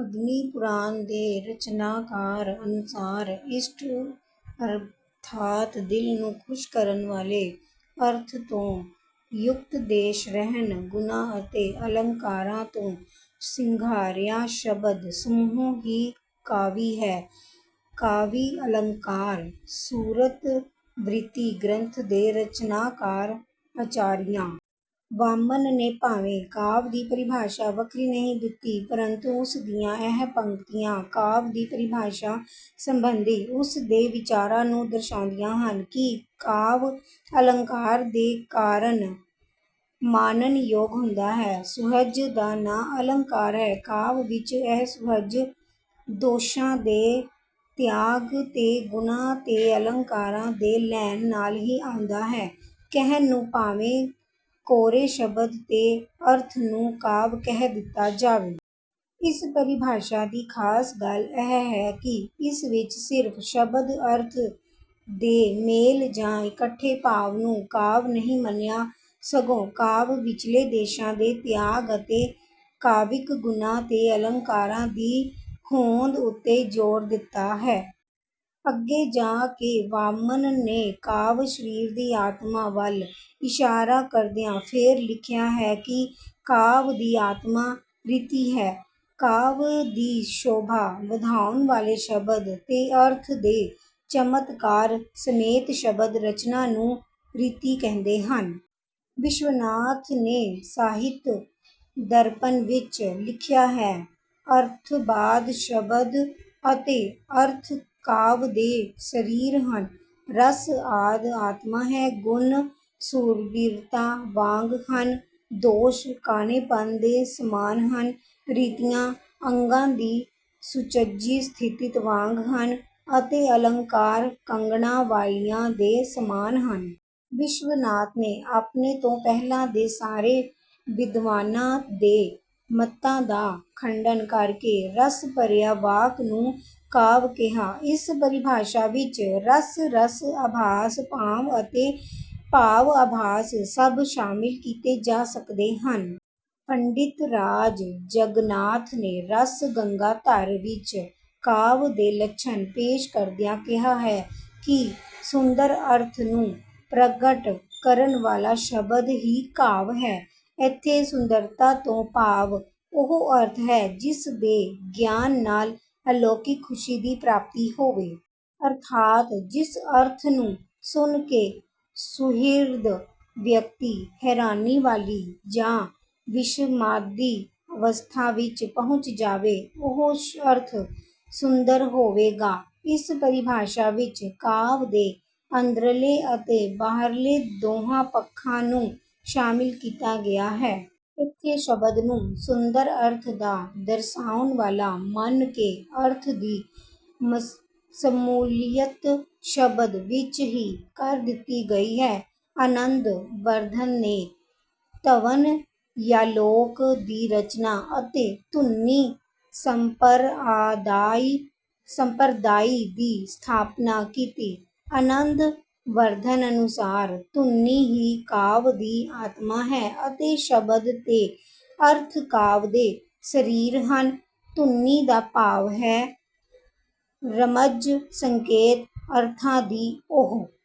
ਅਗਨੀਪੁਰਾਣ ਦੇ ਰਚਨਾਕਾਰ ਅਨੁਸਾਰ ਇਸ਼ਟ ਅਰਥਾਤ ਦਿਲ ਨੂੰ ਖੁਸ਼ ਕਰਨ ਵਾਲੇ ਅਰਥ ਤੋਂ ਯੁਕਤ ਦੋਸ਼ ਰਹਿਤ ਗੁਣਾਂ ਅਤੇ ਅਲੰਕਾਰਾਂ ਤੋਂ ਸ਼ਿੰਗਾਰਿਆ ਸ਼ਬਦ ਸਮੂਹ ਹੀ ਕਾਵਿ ਹੈ। ਕਾਵਿ ਅਲੰਕਾਰ ਸੂਤਰਵ੍ਰਿਤੀ ਗ੍ਰੰਥ ਦੇ ਰਚਨਾਕਾਰ ਆਚਾਰੀਆ ਵਾਮਨ ਨੇ ਭਾਵੇਂ ਕਾਵਿ ਦੀ ਪਰਿਭਾਸ਼ਾ ਵੱਖਰੀ ਨਹੀਂ ਦਿੱਤੀ ਪਰੰਤੂ ਉਸਦੀਆਂ ਇਹ ਪੰਕਤੀਆਂ ਕਾਵਿ ਦੀ ਪਰਿਭਾਸ਼ਾ ਸਬੰਧੀ ਉਸ ਦੇ ਵਿਚਾਰਾਂ ਨੂੰ ਦਰਸਾਉਂਦੀਆਂ ਹਨ ਕਿ ਕਾਵਿ ਅਲੰਕਾਰ ਦੇ ਕਾਰਨ ਮਾਨਣ ਯੋਗ ਹੁੰਦਾ ਹੈ ਸੁਹਜ ਦਾ ਨਾਂ ਅਲੰਕਾਰ ਹੈ ਕਾਵਿ ਵਿੱਚ ਇਹ ਸੁਹਜ ਦੋਸ਼ਾਂ ਦੇ ਤਿਆਗ ਤੇ ਗੁਣਾਂ ਤੇ ਅਲੰਕਾਰਾਂ ਦੇ ਲੈਣ ਨਾਲ ਹੀ ਆਉਂਦਾ ਹੈ ਕਹਿਣ ਨੂੰ ਭਾਵੇਂ ਕੋਰੇ ਸ਼ਬਦ ਤੇ ਅਰਥ ਨੂੰ ਕਾਵਿ ਕਹਿ ਦਿੱਤਾ ਜਾਏ। ਇਸ ਪਰਿਭਾਸ਼ਾ ਦੀ ਖਾਸ ਗੱਲ ਇਹ ਹੈ ਕਿ ਇਸ ਵਿੱਚ ਸਿਰਫ ਸ਼ਬਦ ਅਰਥ ਦੇ ਮੇਲ ਜਾਂ ਇਕੱਠੇ ਭਾਵ ਨੂੰ ਕਾਵਿ ਨਹੀਂ ਮੰਨਿਆ ਸਗੋਂ ਕਾਵਿ ਵਿੱਚਲੇ ਦੋਸ਼ਾਂ ਦੇ ਤਿਆਗ ਅਤੇ ਕਾਵਿਕ ਗੁਣਾਂ ਤੇ ਅਲੰਕਾਰਾਂ ਦੀ ਹੋਂਦ ਉੱਤੇ ਜ਼ੋਰ ਦਿੱਤਾ ਹੈ। ਅੱਗੇ ਜਾ ਕੇ ਵਾਮਨ ਨੇ ਕਾਵਿ ਸਰੀਰ ਦੀ ਆਤਮਾ ਵੱਲ ਇਸ਼ਾਰਾ ਕਰਦਿਆਂ ਫੇਰ ਲਿਖਿਆ ਹੈ ਕਿ ਕਾਵਿ ਦੀ ਆਤਮਾ ਰੀਤੀ ਹੈ। ਕਾਵਿ ਦੀ ਸ਼ੋਭਾ ਵਧਾਉਣ ਵਾਲੇ ਸ਼ਬਦ ਤੇ ਅਰਥ ਦੇ ਚਮਤਕਾਰ ਸਮੇਤ ਸ਼ਬਦ ਰਚਨਾ ਨੂੰ ਰੀਤੀ ਕਹਿੰਦੇ ਹਨ। ਵਿਸ਼ਵਨਾਥ ਨੇ ਸਾਹਿਤ ਦਰਪਣ ਵਿੱਚ ਲਿਖਿਆ ਹੈ ਅਰਥਾਤ ਸ਼ਬਦ ਅਤੇ ਅਰਥ ਕਾਵਿ ਦੇ ਸਰੀਰ ਹਨ ਰਸ ਆਦਿ ਆਤਮਾ ਹੈ ਗੁਣ ਸੂਰਬੀਰਤਾ ਵਾਂਗ ਹਨ ਦੋਸ਼ ਕਾਣੇਪਨ ਦੇ ਸਮਾਨ ਹਨ ਰੀਤੀਆਂ ਅੰਗਾਂ ਦੀ ਸੁਚੱਜੀ ਸਥਿਤੀ ਵਾਂਗ ਹਨ ਅਤੇ ਅਲੰਕਾਰ ਕੰਗਣਾਂ ਵਾਲੀਆਂ ਦੇ ਸਮਾਨ ਹਨ। ਵਿਸ਼ਵਨਾਥ ਨੇ ਆਪਣੇ ਤੋਂ ਪਹਿਲਾਂ ਦੇ ਸਾਰੇ ਵਿਦਵਾਨਾਂ ਦੇ ਮੱਤਾਂ ਦਾ ਖੰਡਨ ਕਰਕੇ ਰਸ ਭਰਿਆ ਵਾਕ ਨੂੰ ਕਾਵਿ ਕਿਹਾ ਇਸ ਪਰਿਭਾਸ਼ਾ ਵਿੱਚ ਰਸ ਰਸ ਆਭਾਸ ਭਾਵ ਅਤੇ ਭਾਵ ਆਭਾਸ ਸਭ ਸ਼ਾਮਿਲ ਕੀਤੇ ਜਾ ਸਕਦੇ ਹਨ। ਪੰਡਿਤਰਾਜ ਜਗਨਾਥ ਨੇ ਰਸ ਗੰਗਾਧਰ ਵਿੱਚ ਕਾਵਿ ਦੇ ਲੱਛਣ ਪੇਸ਼ ਕਰਦਿਆਂ ਕਿਹਾ ਹੈ ਕਿ ਸੁੰਦਰ ਅਰਥ ਨੂੰ ਪ੍ਰਗਟ ਕਰਨ ਵਾਲਾ ਸ਼ਬਦ ਹੀ ਕਾਵਿ ਹੈ। ਇਥੇ ਸੁੰਦਰਤਾ ਤੋਂ ਭਾਵ ਉਹ ਅਰਥ ਹੈ ਜਿਸ ਦੇ ਗਿਆਨ ਨਾਲ ਅਲੌਕਿਕ ਖੁਸ਼ੀ ਦੀ ਪ੍ਰਾਪਤੀ ਹੋਵੇ। ਅਰਥਾਤ ਜਿਸ ਅਰਥ ਨੂੰ ਸੁਣ ਕੇ ਸੁਹਿਰਦ ਵਿਅਕਤੀ ਹੈਰਾਨੀ ਵਾਲੀ ਜਾਂ ਵਿਸਮਾਦੀ ਅਵਸਥਾ ਵਿੱਚ ਪਹੁੰਚ ਜਾਵੇ ਉਹ ਅਰਥ ਸੁੰਦਰ ਹੋਵੇਗਾ। ਇਸ ਪਰਿਭਾਸ਼ਾ ਵਿੱਚ ਕਾਵਿ ਦੇ ਅੰਦਰਲੇ ਅਤੇ ਬਾਹਰਲੇ ਦੋਹਾਂ ਪੱਖਾਂ ਨੂੰ ਸ਼ਾਮਿਲ ਕੀਤਾ ਗਿਆ ਹੈ। ਇਥੇ ਸ਼ਬਦ ਨੂੰ ਸੁੰਦਰ ਅਰਥ ਦਾ ਦਰਸਾਉਣ ਵਾਲਾ ਮੰਨ ਕੇ ਅਰਥ ਦੀ ਸ਼ਮੂਲੀਅਤ ਸ਼ਬਦ ਵਿੱਚ ਹੀ ਕਰ ਦਿੱਤੀ ਗਈ ਹੈ। ਆਨੰਦ ਵਰਧਨ ਨੇ ਧਵਨਯਾਲੋਕ ਦੀ ਰਚਨਾ ਅਤੇ ਧੁਨੀ ਸੰਪਰਦਾਇ ਦੀ ਸਥਾਪਨਾ ਕੀਤੀ। ਆਨੰਦ ਵਰਧਨ ਅਨੁਸਾਰ ਧੁਨੀ ਹੀ ਕਾਵਿ ਦੀ ਆਤਮਾ ਹੈ ਅਤੇ ਸ਼ਬਦ ਤੇ ਅਰਥ ਕਾਵਿ ਦੇ ਸਰੀਰ ਹਨ। ਧੁਨੀ ਦਾ ਭਾਵ ਹੈ ਰਮਜ਼ ਸੰਕੇਤ ਅਰਥਾਂ ਦੀ ਉਹ